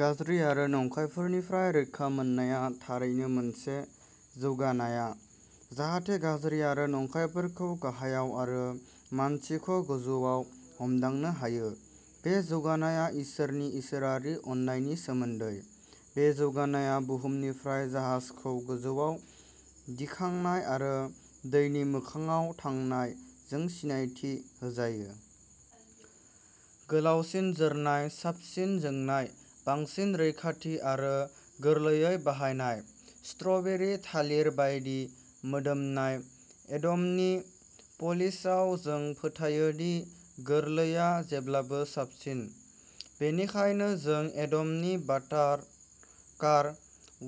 गाज्रि आरो नंखायफोरनिफ्राय रैखा मोननाया थारैनो मोनसे जौगानाया, जाहाथे गाज्रि आरो नंखायफोरखौ गाहायाव आरो मानसिखौ गोजौआव हमदांनो हायो। बे जौगानाया इसोरनि इसोरारि अननायनि सोमोन्दै। बे जौगानाया बुहुमनिफ्राय जाहाजखौ गोजौआव दिखांनाय, आरो दैनि मोखांआव थांनाय जों सिनायथि होजायो। गोलावसिन जोरनाय, साबसिन जोंनाय, बांसिन रैखाथि आरो गोरलैयै बाहायनाय। स्ट्रबेरि थालिर बायदि मोदोमनाय एडमनि पलिशआव, जों फोथायो दि गोरलैआ जेब्लाबो साबसिन। बेनिखायनो जों एडमनि बाटर कार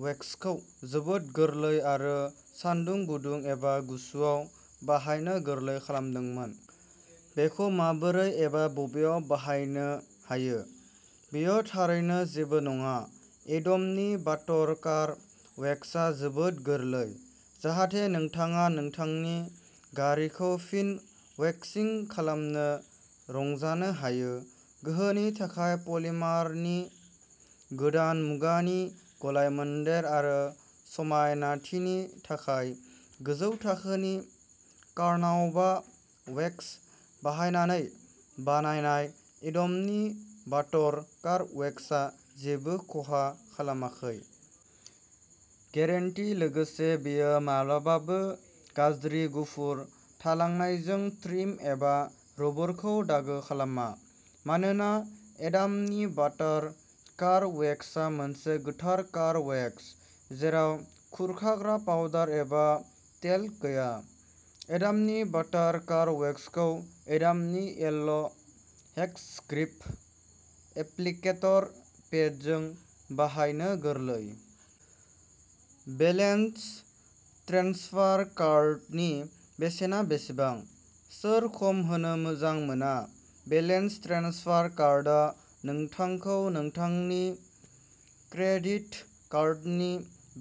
वेक्सखौ जोबोद गोरलै आरो सानदुं, गुदुं एबा गुसुआव बाहायनो गोरलै खालामदोंमोन। बेखौ माबोरै एबा बबेयाव बाहायनो हायो, बेयो थारैनो जेबो नङा, एडमनि बाटर कार वेक्सआ जोबोद गोरलै, जाहाथे नोंथाङा नोंथांनि गारिखौ फिन वैक्सिं खालामनो रंजानो हायो। गोहोनि थाखाय पलिमारनि गोदान मुगानि गलायमोन्देर आरो समायनाथिनि थाखाय गोजौ थाखोनि कार्नाउबा वेक्स बाहायनानै बानायनाय, एडमनि बाटर कार वेक्सआ जेबो खहा खालामाखै। गेरेन्टि लोगोसे, बेयो। माब्लाबाबो गाज्रि गुफुर थालांनायजों ट्रिम एबा रबरखौ दागो खालामा। मानोना एडामनि बाटार कार वेक्सआ मोनसे गोथार कार वेक्स जेराव खुरखाग्रा पाउडार एबा टेल्क गैया। एडामनि बाटार कार वेक्सखौ एडामनि येल्ल' हेक्स ग्रिप एप्लिकेटर पेडजों बाहायनो गोरलै। बेलेन्स ट्रेन्सफार कार्डनि बेसेना बेसेबां? सोर खम होनो मोजां मोना? बेलेन्स ट्रेन्सफार कार्डआ नोंथांखौ नोंथांनि क्रेडिट कार्डनि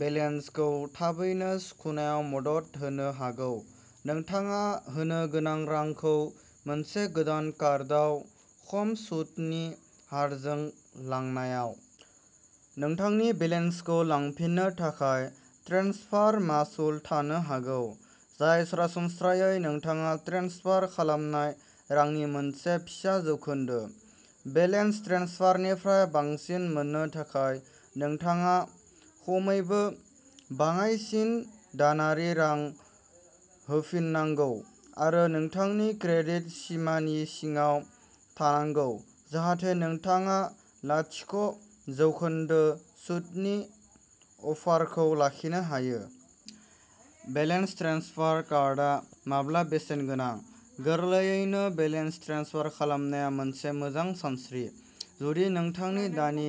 बेलेन्सखौ थाबैनो सुख'नायाव मदद होनो हागौ, नोंथाङा होनो गोनां रांखौ मोनसे गोदान कार्डआव खम सुतनि हारजों लांनायाव। नोंथांनि बेलेन्सखौ लांफिननो थाखाय, ट्रेन्सफार मासुल थानो हागौ, जाय सरासनस्रायै नोंथाङा ट्रेन्सफार खालामनाय रांनि मोनसे फिसा जौखोन्दो। बेलेन्स ट्रेन्सफारनिफ्राय बांसिन मोननो थाखाय, नोंथाङा खमैबो बाङाइसिन दानारि रां होफिननांगौ आरो नोंथांनि क्रेडिट सिमानि सिङाव थानांगौ जाहाथे नोंथाङा लाथिक' जौखोन्दो सुतनि अफारखौ लाखिनो हायो। बेलेन्स ट्रेन्सफार कार्डआ माब्ला बेसेन गोनां? गोरलैयैनो, बेलेन्स ट्रेन्सफार खालामनाया मोनसे मोजां सानस्रि, जुदि नोंथांनि दानि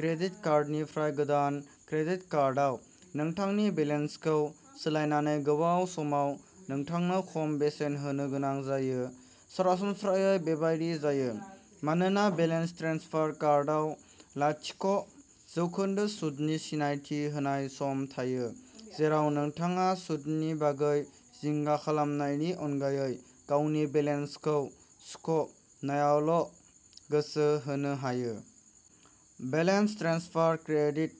क्रेडिट कार्डनिफ्राय गोदान क्रेडिट कार्डआव नोंथांनि बेलेन्सखौ सोलायनानै गोबाव समाव नोंथांनो खम बेसेन होनो गोनां जायो। सरासनस्रायै बेबादि जायो मानोना बेलेन्स ट्रेन्सफार कार्डआव लाथिक' जौखोन्दो सुतनि सिनायथि होनाय सम थायो, जेराव नोंथाङा सुतनि बागै जिंगा खालामनायनि अनगायै गावनि बेलेन्सखौ सुख' नायावल' गोसो होनो हायो। बेलेन्स ट्रेन्सफार क्रेडिट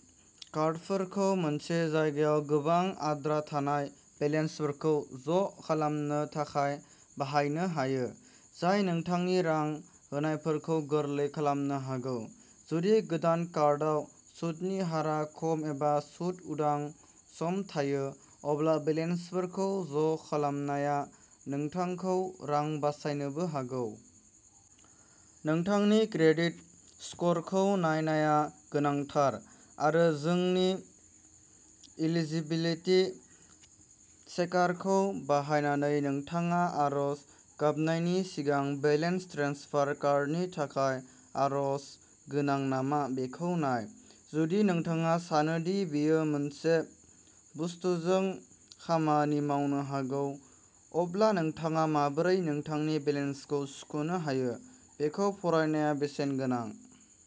कार्डफोरखौ मोनसे जायगायाव गोबां आद्रा थानाय बेलेन्सफोरखौ ज'खालामनो थाखाय बाहायनो हायो, जाय नोंथांनि रां होनायफोरखौ गोरलै खालामनो हागौ। जुदि गोदान कार्डआव सुतनि हारआ खम एबा सुत उदां सम थायो, अब्ला बेलेन्सफोरखौ ज'खालामनाया नोंथांखौ रां बासायनोबो हागौ। नोंथांनि क्रेडिट स्करखौ नायनाया गोनांथार आरो जोंनि इलिजिबिलिटि चेकारखौ बाहायनानै नोंथाङा आर'ज गाबनायनि सिगां बेलेन्स ट्रेन्सफार कार्डनि थाखाय आर'ज गोनां नामा बेखौ नाय। जुदि नोंथाङा सानो दि बेयो मोनसे बुस्टजों खामानि मावनो हागौ, अब्ला नोंथाङा माबोरै नोंथांनि बेलेन्सखौ सुख'नो हायो बेखौ फरायनाया बेसेन गोनां।